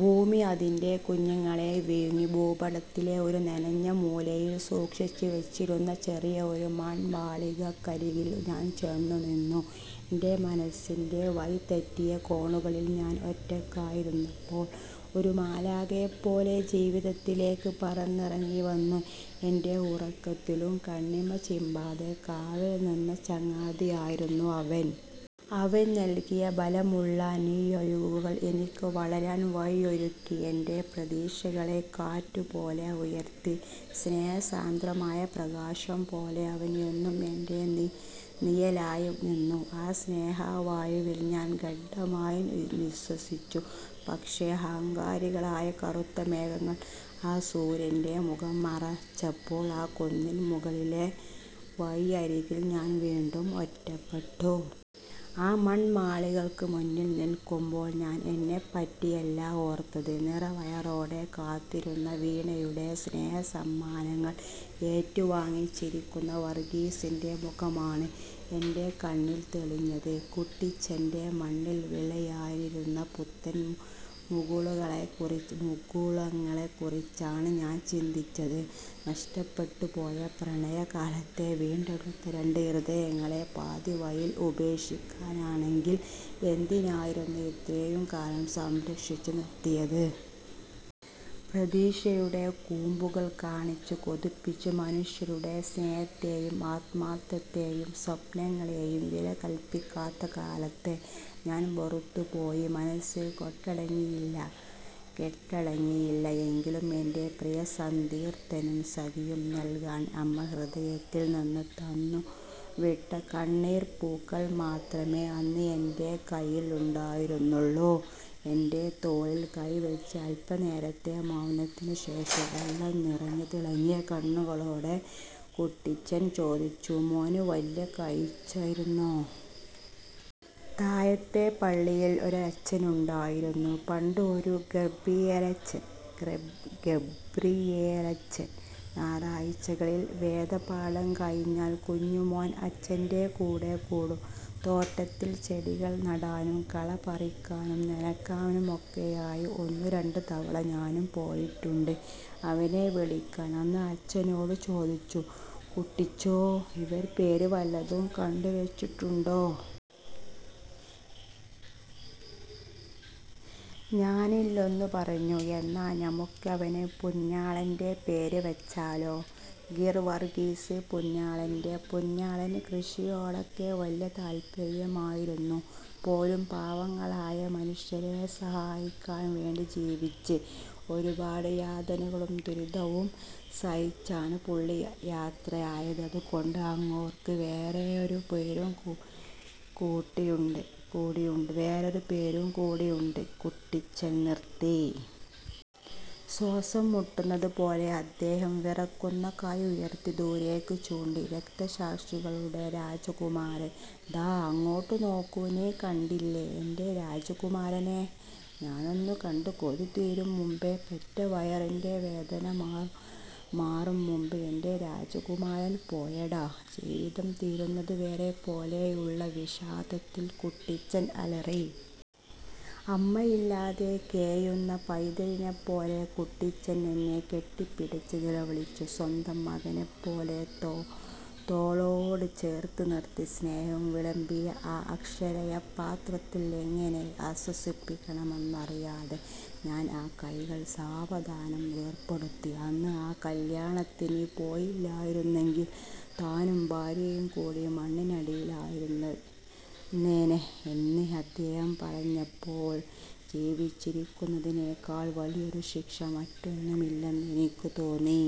ഭൂമി അതിന്റെ കുഞ്ഞുങ്ങളെ വിഴുങ്ങി ഭൂപടത്തിലെ ഒരു നനഞ്ഞ മൂലയിൽ സൂക്ഷിച്ചുവച്ചിരുന്ന ചെറിയ രണ്ടു മൺമാളികക്കരികിൽ ഞാൻ ചെന്നു നിന്നു. എന്റെ മനസ്സിൻ്റെ വഴിതെറ്റിയ കോണുകളിൽ ഞാൻ ഒറ്റയ്ക്കായിരുന്നപ്പോൾ, ഒരു മാലാഖയെപ്പോലെ ജീവിതത്തിലേക്ക് പറന്നിറങ്ങി വന്ന്, എന്റെ ഉറക്കത്തിലും കണ്ണിമ ചിമ്മാതെ കാവൽ നിന്ന ചങ്ങാതിയായിരുന്നു അവൻ. അവൻ നൽകിയ ബലമുള്ള നീരൊഴുക്കുകൾ എനിക്ക് വളരാൻ വഴിയൊരുക്കി. എന്റെ പ്രതീക്ഷകളെ കാറ്റുപോലെ ഉയർത്തി. സ്നേഹസാന്ദ്രമായ പ്രകാശം പോലെ അവൻ എന്നും എന്റെ നിഴലായി നിന്നു. ആ സ്നേഹവായുവിൽ ഞാൻ ഗാഢമായി നിശ്വസിച്ചു. പക്ഷേ, അഹങ്കാരികളായ കറുത്ത മേഘങ്ങൾ ആ സൂര്യന്റെ മുഖം മറച്ചപ്പോൾ, ആ കുന്നിൻ മുകളിലെ വഴിയരികിൽ ഞാൻ വീണ്ടും ഒറ്റപ്പെട്ടു. ആ മൺമാളികകൾക്ക് മുന്നിൽ നിൽക്കുമ്പോൾ ഞാൻ എന്നെപ്പറ്റിയല്ല ഓർത്തത്. നിറവയറോടെ കാത്തിരുന്ന വീണയുടെ സ്നേഹസമ്മാനങ്ങൾ ഏറ്റുവാങ്ങി ചിരിക്കുന്ന വർഗീസിന്റെ മുഖമാണ് എന്റെ കണ്ണിൽ തെളിഞ്ഞത്. കുട്ടിച്ചന്റെ മണ്ണിൽ വിളയാനിരുന്ന പുത്തൻ മുകുളങ്ങളെക്കുറിച്ചാണ് ഞാൻ ചിന്തിച്ചത്. നഷ്ടപ്പെട്ടുപോയ പ്രണയകാലത്തെ വീണ്ടെടുത്ത രണ്ട് ഹൃദയങ്ങളെ പാതിവഴിയിൽ ഉപേക്ഷിക്കാനാണെങ്കിൽ എന്തിനായിരുന്നു ഇത്രയും കാലം സംരക്ഷിച്ചു നിർത്തിയത്? പ്രതീക്ഷയുടെ കൂമ്പുകൾ കാണിച്ച് കൊതിപ്പിച്ച്, മനുഷ്യരുടെ സ്നേഹത്തെയും ആത്മാർത്ഥതയെയും സ്വപ്നങ്ങളെയും വിലകൽപ്പിക്കാത്ത കാലത്തെ ഞാൻ വെറുത്തുപോയി. മനസ്സ് കെട്ടടങ്ങിയില്ല, എങ്കിലും എന്റെ പ്രിയ സതീർത്ഥ്യനും സഖിക്കും നൽകാൻ അമ്മ ഹൃദയത്തിൽ നിന്ന് തന്നുവിട്ട കണ്ണീർപ്പൂക്കൾ മാത്രമേ അന്ന് എന്റെ കയ്യിൽ ഉണ്ടായിരുന്നുള്ളൂ. എൻ്റെ തോളിൽ കൈ വെച്ച് അൽപനേരത്തെ മൗനത്തിനുശേഷം, വെള്ളം നിറഞ്ഞ് തിളങ്ങിയ കണ്ണുകളോടെ കുട്ടിച്ചൻ ചോദിച്ചു:"മോൻ, വല്ലോം കഴിച്ചായിരുന്നോ? " "താഴത്തെ പള്ളിയിൽ ഒരച്ഛനുണ്ടായിരുന്നു പണ്ട്. ഒരു ഗബ്രിയേലച്ചൻ. ഞായറാഴ്ചകളിൽ വേദപാഠം കഴിഞ്ഞാൽ കുഞ്ഞുമോൻ അച്ഛന്റെ കൂടെ കൂടും. തോട്ടത്തിൽ ചെടികൾ നടാനും കള പറിക്കാനും നനയ്ക്കാനുമൊക്കെയായി. ഒന്നുരണ്ടു തവണ ഞാനും പോയിട്ടുണ്ട് അവനെ വിളിക്കാൻ. അന്ന് അച്ഛനെന്നോട് ചോദിച്ചു, 'കുട്ടിച്ചോ, ഇവന് പേര് വല്ലതും കണ്ടുവച്ചിട്ടുണ്ടോ? ' ഞാനില്ലെന്നു പറഞ്ഞു. 'എന്നാൽ നമുക്കിവന് പുണ്യാളന്റെ പേര് വെച്ചാലോ? ഗീർവർഗീസ് പുണ്യാളന്റെ. പുണ്യാളന് കൃഷിയോടൊക്കെ വല്ല്യ താല്പര്യമായിരുന്നു പോലും. പാവങ്ങളായ മനുഷ്യരെ സഹായിക്കാൻ വേണ്ടി ജീവിച്ച്, ഒരുപാട് യാതനകളും ദുരിതവും സഹിച്ചാണ് പുള്ളി യാത്ര ആയത്. അതുകൊണ്ട് അങ്ങേർക്ക് വേറൊരു പേരും കൂടിയുണ്ട്... '" കുട്ടിച്ചൻ നിർത്തി. ശ്വാസം മുട്ടുന്നത് പോലെ അദ്ദേഹം വിറയ്ക്കുന്ന കൈ ഉയർത്തി ദൂരേക്ക് ചൂണ്ടി. "രക്തസാക്ഷികളുടെ രാജകുമാരൻ. " "ദാ... അങ്ങോട്ട് നോക്ക്... നീ കണ്ടില്ലേ എന്റെ രാജകുമാരനെ..? ഞാനൊന്നു കണ്ട് കൊതി തീരും മുമ്പ്, പെറ്റ വയറിന്റെ വേദന മാറും മുമ്പ്, എന്റെ രാജകുമാരൻ പോയെടാ... " ജീവിതം തീരുന്നവരെപ്പോലെയുള്ള വിഷാദത്തിൽ കുട്ടിച്ചൻ അലറി. അമ്മയില്ലാതെ കേഴുന്ന പൈതലിനെപ്പോലെ കുട്ടിച്ചൻ എന്നെ കെട്ടിപ്പിടിച്ചു നിലവിളിച്ചു. സ്വന്തം മകനെപ്പോലെ തോളോട് ചേർത്തുനിർത്തി സ്നേഹം വിളമ്പിയ ആ അക്ഷയപാത്രത്തെ എങ്ങനെ ആശ്വസിപ്പിക്കണമെന്നറിയാതെ ഞാൻ ആ കൈകൾ സാവധാനം വേർപെടുത്തി. അന്ന് ആ കല്യാണത്തിന് പോയില്ലായിരുന്നെങ്കിൽ താനും ഭാര്യയും കൂടി മണ്ണിനടിയിൽ ആയിരുന്നേനെ എന്ന് അദ്ദേഹം പറഞപ്പോൾ, ജീവിച്ചിരിക്കുന്നതിനേക്കാൾ വലിയൊരു ശിക്ഷ മറ്റൊന്നുമില്ലെന്ന് എനിക്ക് തോന്നി.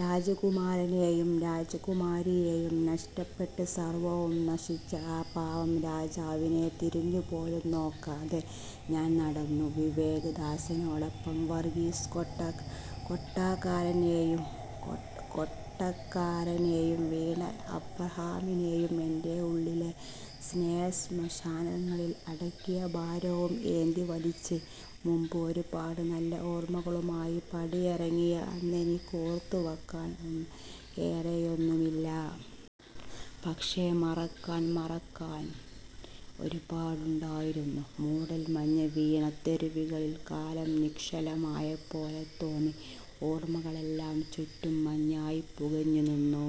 രാജകുമാരനെയും രാജകുമാരിയെയും നഷ്ടപ്പെട്ട് സർവ്വവും നശിച്ച ആ പാവം രാജാവിനെ തിരിഞ്ഞുപോലും നോക്കാതെ ഞാൻ നടന്നു. വിവേക് ദാസനോടൊപ്പം വർഗീസ് കൊട്ടക്കാരനെയും വീണ അബ്രഹാമിനെയും എന്റെ ഉള്ളിലെ സ്നേഹസ്മശാനങ്ങളിൽ അടക്കിയ ഭാരവും ഏന്തി വലിച്ച്. മുമ്പ് ഒരുപാട് നല്ല ഓർമ്മകളുമായി പടിയിറങ്ങിയ അന്നെനിക്ക് ഓർത്തുവെക്കാൻ ഏറെയൊന്നുമില്ല. പക്ഷേ മറക്കാൻ... മറക്കാൻ ഒരുപാടുണ്ടായിരുന്നു.. മൂടൽമഞ്ഞ് വീണ തെരുവുകളിൽ കാലം നിശ്ചലമായ പോലെ തോന്നി. ഓർമ്മകളെല്ലാം ചുറ്റും മഞ്ഞായി പുകഞ്ഞു നിന്നു.